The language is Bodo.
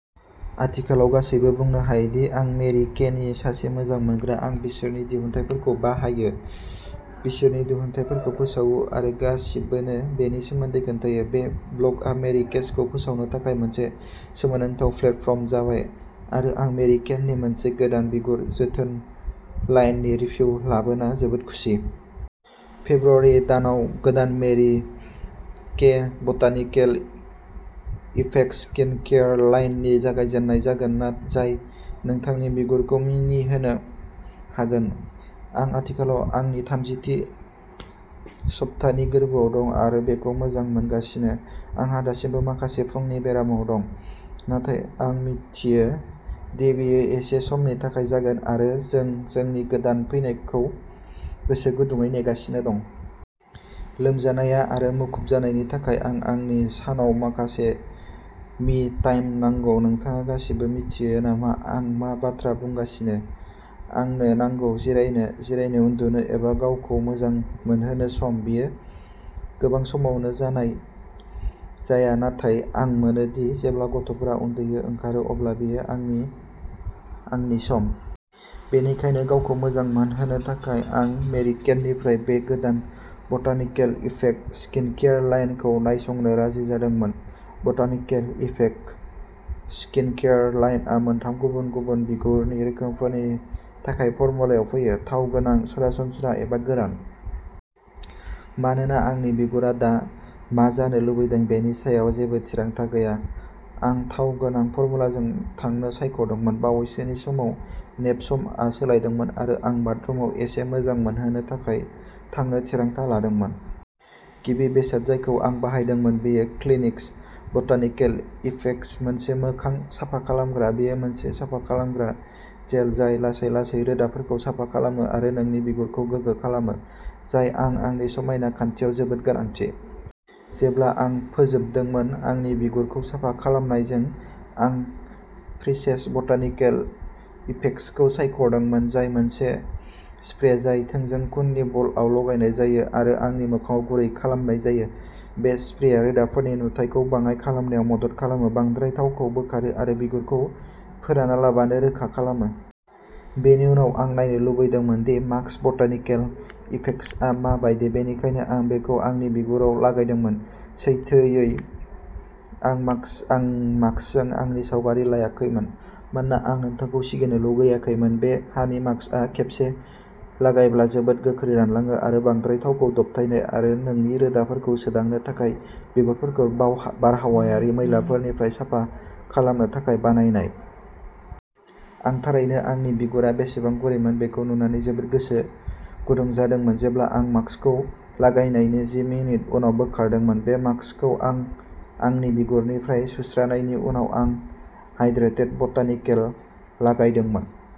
आथिखालाव गासैबो बुंनो हायोदि, आं मेरि केनि सासे मोजां मोनग्रा। आं बिसोरनि दिहुनथायफोरखौ बाहायो, बिसोरनि दिहुनथायफोरखौ फोसावो आरो गासिबोनो बेनि सोमोन्दै खोन्थायो! बे ब्ल'गआ मेरि केखौ फोसावनो थाखाय मोनसे सोमोनांथाव प्लेटफर्म जाबाय आरो आं मेरि केनि मोनसे गोदान बिगुर जोथोन लाइननि रिभिउ लाबोना जोबोद खुसि! फेब्रुआरि दानाव गोदान Mary Kay botanical effects skin care लाइननि जागायजेननाय जागोन, जाय नोंथांनि बिगुरखौ मिनिहोनो हागोन! आं आथिखालाव आंनि थामजि थि सब्थानि गोर्बोआव दं आरो बेखौ मोजां मोनगासिनो! आंहा दासिमबो माखासे फुंनि बेराम दं, नाथाय आं मिथियो दि बेयो एसे समनि थाखाय जागोन आरो जों जोंनि गोदान फैनायखौ गोसो गुदुंयै नेगासिनो दं! लोमजानाया आरो मुखुब जानायनि थाखाय आं आंनि सानाव माखासे "मि टाइम" नांगौ। नोंथाङा गासिबो मिथियो नामा आं मा बाथ्रा बुंगासिनो? आंनो नांगौ। जिरायनो, जिरायनो, उन्दुनो एबा गावखौ मोजां मोनहोनो सम। बेयो गोबां समावनो जानाय जाया नाथाय आं मोनो दि जेब्ला गथ'फोरा उन्दुनो ओंखारो, अब्ला बेयो आंनि "आंनि सम"। बेनिखायनो, गावखौ मोजां मोनहोनो थाखाय आं मेरि केनिफ्राय बे गोदान बटानिकेल इफेक्ट स्किन केयार लाइनखौ नायसंनो राजि जादोंमोन। बटानिकेल इफेक्ट स्किन केयार लाइनआ मोनथाम गुबुन-गुबुन बिगुरनि रोखोमफोरनि थाखाय फर्मुलायाव फैयोः थाव गोनां, सरासनस्रा एबा गोरान। मानोना आंनि बिगुरा दा मा जानो लुबैदों बेनि सायाव जेबो थिरांथा गैया, आं थाव गोनां फर्मुलाजों थांनो सायख'दोंमोन। बावैसोनि समाव नेप समआ सोलायदोंमोन आरो आं बाथरुमाव एसे मोजां मोनहोनो थाखाय थांनो थिरांथा लादोंमोन।: गिबि बेसाद जायखौ आं बाहायदोंमोन बेयो "क्लिनस" बटानिकेल इफेक्टस, मोनसे मोखां साफा खालामग्रा। बेयो मोनसे साफा खालामग्रा जेल जाय लासै-लासै रोदाफोरखौ साफा खालामो आरो नोंनि बिगुरखौ गोगो खालामो... जाय आं आंनि समायना खान्थियाव जोबोद गोनांथि। जेब्ला आं फोजोबदोंमोन। आंनि बिगुरखौ साफा खालामनायजों, आं "फ्रेशेन" बटानिकेल इफेक्ट्सखौ सायख'दोंमोन, जाय मोनसे स्प्रे जाय थोंजों खुननि बलआव लागायनाय जायो आरो आंनि मोखांआव गुरै खालामनाय जायो। बे स्प्रेया रोदाफोरनि नुथायखौ बाङाइ खालामनायाव मदद खालामो, बांद्राय थावखौ बोखारो आरो बिगुरखौ फोरानालाबानो रोखा खालामो। बेनि उनाव, आं नायनो लुबैदोंमोन दि "मास्क" बटानिकेल इफेक्ट्सआ मा बायदि, बेनिखायनो आं बेखौ आंनि बिगुराव लागायदोंमोन। सैथोयै, आं मास्क आं मास्कजों आंनि सावगारि लायाखैमोन, मानोना आं नोंथांखौ सिगिनो लुगैयाखैमोन!! बे हानि मास्कआ खेबसे लागायब्ला जोबोद गोख्रै रानलाङो आरो बांद्राय थावखौ दबथायनाय आरो नोंनि रोदाफोरखौ सोदांनो थाखाय बिगुरखौ बाव बारहावायारि मैलाफोरनिफ्राय साफा खालामनो थाखाय बानायनाय। आं थारैनो आंनि बिगुरा बेसेबां गुरैमोन बेखौ नुनानै जोबोद गोसो गुदुं जादोंमोन जेब्ला आं मास्कखौ लागायनायनि जि मिनिट उनाव बोखारदोंमोन! बे मास्कखौ आंआंनि बिगुरनिफ्राय सुस्रानायनि उनावनो, आं "हाइड्रेट" बटानिकेलखौ लागायदोंमोन।